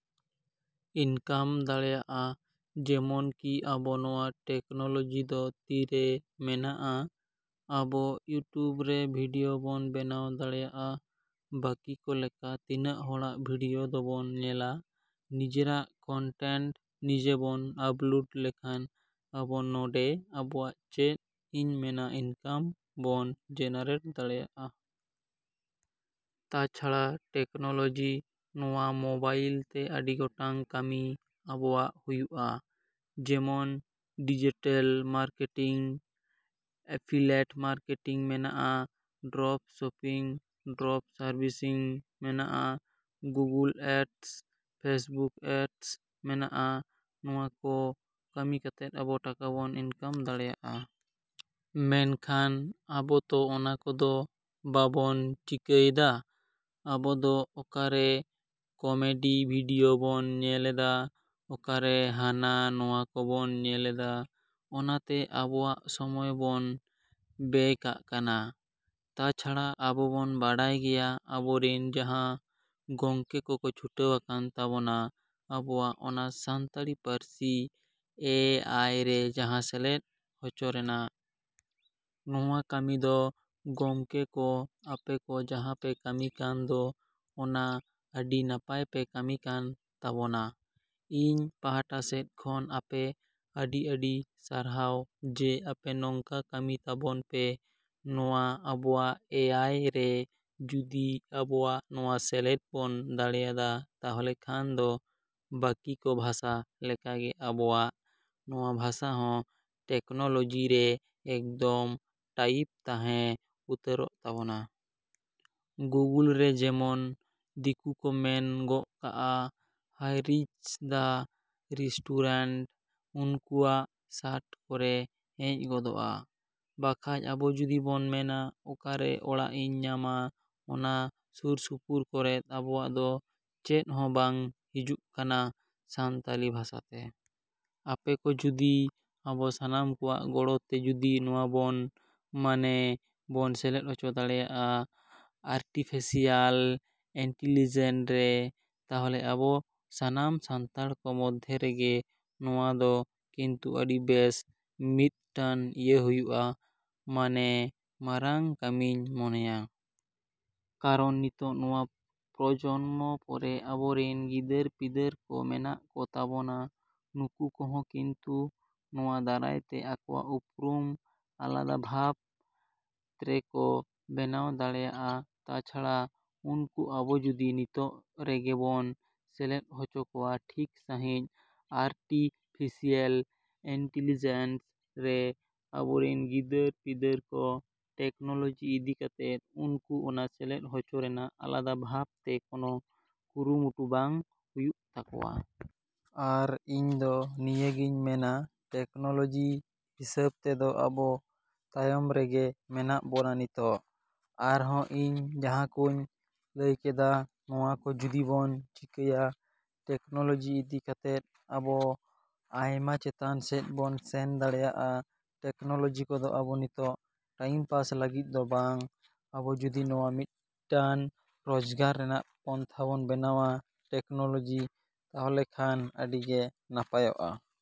‎ᱤᱱᱠᱟᱢ ᱫᱟᱲᱮᱭᱟᱜᱼᱟ᱾ ᱡᱮᱢᱚᱱᱠᱤ ᱟᱵᱚ ᱱᱚᱣᱟ ᱴᱮᱠᱱᱳᱞᱚᱡᱤ ᱫᱚ ᱛᱤᱨᱮ ᱢᱮᱱᱟᱜᱼᱟ, ᱟᱵᱚ ᱤᱭᱩᱴᱤᱭᱩᱵᱽ ᱨᱮ ᱵᱷᱤᱰᱭᱳ ᱵᱚᱱ ᱵᱮᱱᱟᱣ ᱫᱟᱲᱮᱭᱟᱜᱼᱟ᱾ ᱵᱟᱹᱠᱤ ᱠᱚ ᱞᱮᱠᱟ ᱛᱤᱱᱟᱹᱜ ᱦᱚᱲᱟᱜ ᱵᱷᱤᱰᱭᱳ ᱫᱚᱵᱚᱱ ᱧᱮᱞᱟ, ᱱᱤᱡᱮᱨᱟᱜ ᱠᱚᱱᱴᱮᱱᱴ ᱱᱤᱡᱮ ᱵᱚᱱ ᱟᱯᱞᱳᱰ ᱞᱮᱠᱷᱟᱱ ᱟᱵᱚ ᱱᱚᱸᱰᱮ ᱟᱵᱚᱣᱟᱜ ᱪᱮᱫ ᱤᱧ ᱢᱮᱱᱟ ᱤᱱᱠᱟᱢ ᱵᱚᱱ ᱡᱮᱱᱟᱨᱮᱴ ᱫᱟᱲᱮᱭᱟᱜᱼᱟ᱾ ᱛᱟᱪᱷᱟᱲᱟ ᱴᱮᱠᱱᱳᱞᱚᱡᱤ ᱱᱚᱣᱟ ᱢᱳᱵᱟᱭᱤᱞᱛᱮ ᱟᱹᱰᱤ ᱜᱚᱴᱟᱝ ᱠᱟᱹᱢᱤ ᱟᱵᱚᱣᱟᱜ ᱦᱩᱭᱩᱜᱼᱟ᱾ ᱡᱮᱢᱚᱱ ᱰᱤᱡᱤᱴᱮᱞ ᱢᱟᱨᱠᱮᱴᱤᱝ, ᱮᱯᱷᱤᱞᱮᱴ ᱢᱟᱨᱠᱮᱴᱤᱝ ᱢᱮᱱᱟᱜᱼᱟ, ᱰᱨᱚᱯ ᱥᱚᱯᱤᱝ, ᱰᱨᱚᱯ ᱥᱟᱨᱵᱷᱤᱥᱤᱝ ᱢᱮᱱᱟᱜᱼᱟ, ᱜᱩᱜᱩᱞ ᱮᱰᱥ, ᱯᱷᱮᱥᱵᱩᱠ ᱮᱰᱥ ᱢᱮᱱᱟᱜᱼᱟ᱾ ᱱᱚᱣᱟᱠᱚ ᱠᱟᱹᱢᱤ ᱠᱟᱛᱮᱫ ᱟᱵᱚ ᱴᱟᱠᱟ ᱵᱚᱱ ᱤᱱᱠᱟᱢ ᱫᱟᱲᱮᱭᱟᱜᱼᱟ᱾ ᱢᱮᱱᱠᱷᱟᱱ ᱟᱵᱚ ᱛᱚ ᱚᱱᱟ ᱠᱚᱫᱚ ᱵᱟᱵᱚᱱ ᱪᱤᱠᱟᱹᱭᱫᱟ᱾ ᱟᱵᱚᱫᱚ ᱚᱠᱟᱨᱮ ᱠᱚᱢᱮᱰᱤ ᱵᱷᱤᱰᱭᱳ ᱵᱚᱱ ᱧᱮᱞ ᱮᱫᱟ, ᱚᱠᱟᱨᱮ ᱦᱟᱱᱟ ᱱᱚᱣᱟ ᱠᱚᱵᱚᱱ ᱧᱮᱞ ᱮᱫᱟ, ᱚᱱᱟᱛᱮ ᱟᱵᱚᱣᱟᱜ ᱥᱚᱢᱚᱭ ᱵᱚᱱ ᱵᱮᱭ ᱠᱟᱜ ᱠᱟᱱᱟ᱾ ᱛᱟᱪᱷᱟᱲᱟ ᱟᱵᱚᱵᱚᱱ ᱵᱟᱲᱟᱭ ᱜᱮᱭᱟ ᱟᱵᱚ ᱨᱮᱱ ᱡᱟᱦᱟᱸ ᱜᱚᱢᱠᱮ ᱠᱚᱠᱚ ᱪᱷᱩᱴᱟᱹᱣ ᱟᱠᱟᱱ ᱛᱟᱵᱚᱱᱟ ᱟᱵᱚᱣᱟᱜ ᱚᱱᱟ ᱥᱟᱱᱛᱟᱲᱤ ᱯᱟᱹᱨᱥᱤ ᱮ ᱟᱭ ᱨᱮ ᱡᱟᱦᱟᱸ ᱥᱮᱞᱮᱫ ᱦᱚᱪᱚ ᱨᱮᱱᱟᱜ᱾ ᱱᱚᱣᱟ ᱠᱟᱹᱢᱤ ᱫᱚ ᱜᱚᱢᱠᱮ ᱠᱚ ᱟᱯᱮ ᱠᱚ ᱡᱟᱦᱟᱸ ᱯᱮ ᱠᱟᱹᱢᱤ ᱠᱟᱱ ᱫᱚ ᱚᱱᱟ ᱟᱹᱰᱤ ᱱᱟᱯᱟᱭ ᱯᱮ ᱠᱟᱹᱢᱤ ᱠᱟᱱ ᱛᱟᱵᱚᱱᱟ᱾ ᱤᱧ ᱯᱟᱦᱟᱴᱟ ᱥᱮᱫ ᱠᱷᱚᱱ ᱟᱯᱮ ᱟᱹᱰᱤᱼᱟᱹᱰᱤ ᱥᱟᱨᱦᱟᱣ ᱡᱮ ᱟᱯᱮ ᱱᱚᱝᱠᱟ ᱠᱟᱹᱢᱤ ᱛᱟᱵᱚᱱ ᱯᱮ᱾ ᱱᱚᱣᱟ ᱟᱵᱚᱣᱟᱜ ᱮ ᱟᱭ ᱨᱮ ᱡᱩᱫᱤ ᱟᱵᱚᱣᱟᱜ ᱱᱚᱣᱟ ᱥᱮᱞᱮᱫ ᱵᱚᱱ ᱫᱟᱲᱮᱭᱟᱫᱟ, ᱛᱟᱦᱚᱞᱮ ᱠᱷᱟᱱ ᱫᱚ ᱵᱟᱹᱠᱤ ᱠᱚ ᱵᱷᱟᱥᱟ ᱞᱮᱠᱟᱜᱮ ᱟᱵᱚᱣᱟᱜ ᱱᱚᱣᱟ ᱵᱷᱟᱥᱟ ᱦᱚᱸ ᱴᱮᱠᱱᱳᱞᱚᱡᱤ ᱨᱮ ᱮᱠᱫᱚᱢ ᱴᱟᱭᱤᱯᱷ ᱛᱟᱦᱮᱸ ᱩᱛᱟᱹᱨᱚᱜ ᱛᱟᱵᱳᱱᱟ᱾ ᱜᱩᱜᱳᱞ ᱨᱮ ᱡᱮᱢᱚᱱ ᱫᱤᱠᱩ ᱠᱚ ᱢᱮᱱ ᱜᱚᱜ ᱠᱟᱜᱼᱟ 'ᱦᱟᱭ ᱨᱤᱪ ᱫᱟ ᱨᱮᱥᱴᱩᱨᱮᱱᱴ', ᱩᱱᱠᱩᱣᱟᱜ ᱥᱟᱴ ᱠᱚᱨᱮ ᱦᱮᱡ ᱜᱚᱫᱚᱜᱼᱟ᱾ ᱵᱟᱠᱷᱟᱡ ᱟᱵᱚ ᱡᱩᱫᱤ ᱵᱚᱱ ᱢᱮᱱᱟ 'ᱚᱠᱟᱨᱮ ᱚᱲᱟᱜ ᱤᱧ ᱧᱟᱢᱟ' ᱚᱱᱟ ᱥᱩᱨ ᱥᱩᱯᱩᱨ ᱠᱚᱨᱮᱫ ᱟᱵᱚᱣᱟᱜ ᱫᱚ ᱪᱮᱫ ᱦᱚᱸ ᱵᱟᱝ ᱦᱤᱡᱩᱜ ᱠᱟᱱᱟ ᱥᱟᱱᱛᱟᱞᱤ ᱵᱷᱟᱥᱟᱛᱮ᱾ ᱟᱯᱮ ᱠᱚ ᱡᱩᱫᱤ ᱟᱵᱚ ᱥᱟᱱᱟᱢ ᱠᱚᱣᱟᱜ ᱜᱚᱲᱚᱛᱮ ᱡᱩᱫᱤ ᱱᱚᱣᱟᱵᱚᱱ ᱢᱟᱱᱮ ᱵᱚᱱ ᱥᱮᱞᱮᱫ ᱦᱚᱪᱚ ᱫᱟᱲᱮᱭᱟᱜᱼᱟ ᱟᱨᱴᱤᱯᱷᱮᱥᱤᱭᱟᱞ ᱤᱱᱴᱤᱞᱤᱡᱮᱱ ᱨᱮ, ᱛᱟᱦᱚᱞᱮ ᱟᱵᱚ ᱥᱟᱱᱟᱢ ᱥᱟᱱᱛᱟᱲ ᱠᱚ ᱢᱚᱫᱽᱫᱷᱮ ᱨᱮᱜᱮ ᱱᱚᱣᱟᱫᱚ ᱠᱤᱱᱛᱩ ᱟᱹᱰᱤ ᱵᱮᱥ ᱢᱤᱫᱴᱟᱱ ᱤᱭᱟᱹ ᱦᱩᱭᱩᱜᱼᱟ, ᱢᱟᱱᱮ ᱢᱟᱨᱟᱝ ᱠᱟᱹᱢᱤᱧ ᱢᱚᱱᱮᱭᱟ᱾ ᱠᱟᱨᱚᱱ ᱱᱤᱛᱚᱜ ᱱᱚᱣᱟ ᱯᱨᱚᱡᱚᱱᱢᱚ ᱯᱚᱨᱮ ᱟᱵᱚᱨᱮᱱ ᱜᱤᱫᱟᱹᱨᱼᱯᱤᱫᱟᱹᱨ ᱠᱚ ᱢᱮᱱᱟᱜ ᱠᱚ ᱛᱟᱵᱚᱱᱟ, ᱱᱩᱠᱩ ᱠᱚᱦᱚᱸ ᱠᱤᱱᱛᱩ ᱱᱚᱣᱟ ᱫᱟᱨᱟᱭᱛᱮ ᱟᱠᱚᱣᱟᱜ ᱩᱯᱨᱩᱢ ᱟᱞᱟᱫᱟ ᱵᱷᱟᱵᱽ ᱛᱨᱮᱠᱚ ᱵᱮᱱᱟᱣ ᱫᱟᱲᱮᱭᱟᱜᱼᱟ᱾ ᱛᱟᱪᱷᱟᱲᱟ ᱩᱱᱠᱩ ᱟᱵᱚ ᱡᱩᱫᱤ ᱱᱤᱛᱚᱜ ᱨᱮᱜᱮ ᱵᱚᱱ ᱥᱮᱞᱮᱫ ᱦᱚᱪᱚ ᱠᱚᱣᱟ ᱴᱷᱤᱠ ᱥᱟᱺᱦᱤᱡ ᱟᱨᱴᱷᱤᱯᱷᱤᱥᱤᱭᱮᱞ ᱤᱱᱴᱤᱞᱤᱡᱮᱱᱥ ᱨᱮ, ᱟᱵᱚ ᱨᱮᱱ ᱜᱤᱫᱟᱹᱨᱼᱯᱤᱫᱟᱹᱨ ᱠᱚ ᱴᱮᱠᱱᱚᱞᱚᱡᱤ ᱤᱫᱤ ᱠᱟᱛᱮᱜ ᱩᱱᱠᱩ ᱚᱱᱟ ᱥᱮᱞᱮᱫ ᱦᱚᱪᱚ ᱨᱮᱱᱟᱜ ᱟᱞᱟᱫᱟ ᱵᱷᱟᱵᱽ ᱛᱮ ᱠᱳᱱᱳ ᱠᱩᱨᱩᱢᱩᱴᱩ ᱵᱟᱝ ᱦᱩᱭᱩᱜ ᱛᱟᱠᱚᱣᱟ᱾ ᱟᱨ ᱤᱧᱫᱚ ᱱᱤᱭᱟᱹᱜᱤᱧ ᱢᱮᱱᱟ ᱴᱮᱠᱱᱚᱞᱚᱡᱤ ᱦᱤᱥᱟᱹᱵ ᱛᱮᱫᱚ ᱟᱵᱚ ᱛᱟᱭᱚᱢ ᱨᱮᱜᱮ ᱢᱮᱱᱟᱜ ᱵᱚᱱᱟ ᱱᱤᱛᱚᱜ᱾ ᱟᱨᱦᱚᱸ ᱤᱧ ᱡᱟᱦᱟᱸᱠᱚᱧ ᱞᱟᱹᱭ ᱠᱮᱫᱟ, ᱱᱚᱣᱟᱠᱚ ᱡᱩᱫᱤ ᱵᱚᱱ ᱪᱤᱠᱟᱹᱭᱟ ᱴᱮᱠᱱᱳᱞᱚᱡᱤ ᱤᱫᱤ ᱠᱟᱛᱮᱫ ᱟᱵᱚ ᱟᱭᱢᱟ ᱪᱮᱛᱟᱱ ᱥᱮᱫ ᱵᱚᱱ ᱥᱮᱱ ᱫᱟᱲᱮᱭᱟᱜᱼᱟ᱾ ᱴᱮᱠᱱᱳᱞᱚᱡᱤ ᱠᱚᱫᱚ ᱟᱵᱚ ᱱᱤᱛᱚᱜ ᱴᱟᱭᱤᱢ ᱯᱟᱥ ᱞᱟᱹᱜᱤᱫ ᱫᱚ ᱵᱟᱝ, ᱟᱵᱚ ᱡᱩᱫᱤ ᱱᱚᱣᱟ ᱢᱤᱫᱴᱟᱱ ᱨᱳᱡᱽᱜᱟᱨ ᱨᱮᱱᱟᱜ ᱯᱚᱱᱛᱷᱟ ᱵᱚᱱ ᱵᱮᱱᱟᱣᱟ ᱴᱮᱠᱱᱳᱞᱚᱡᱤ, ᱛᱟᱦᱚᱞᱮ ᱠᱷᱟᱱ ᱟᱹᱰᱤᱜᱮ ᱱᱟᱯᱟᱭᱚᱜᱼᱟ।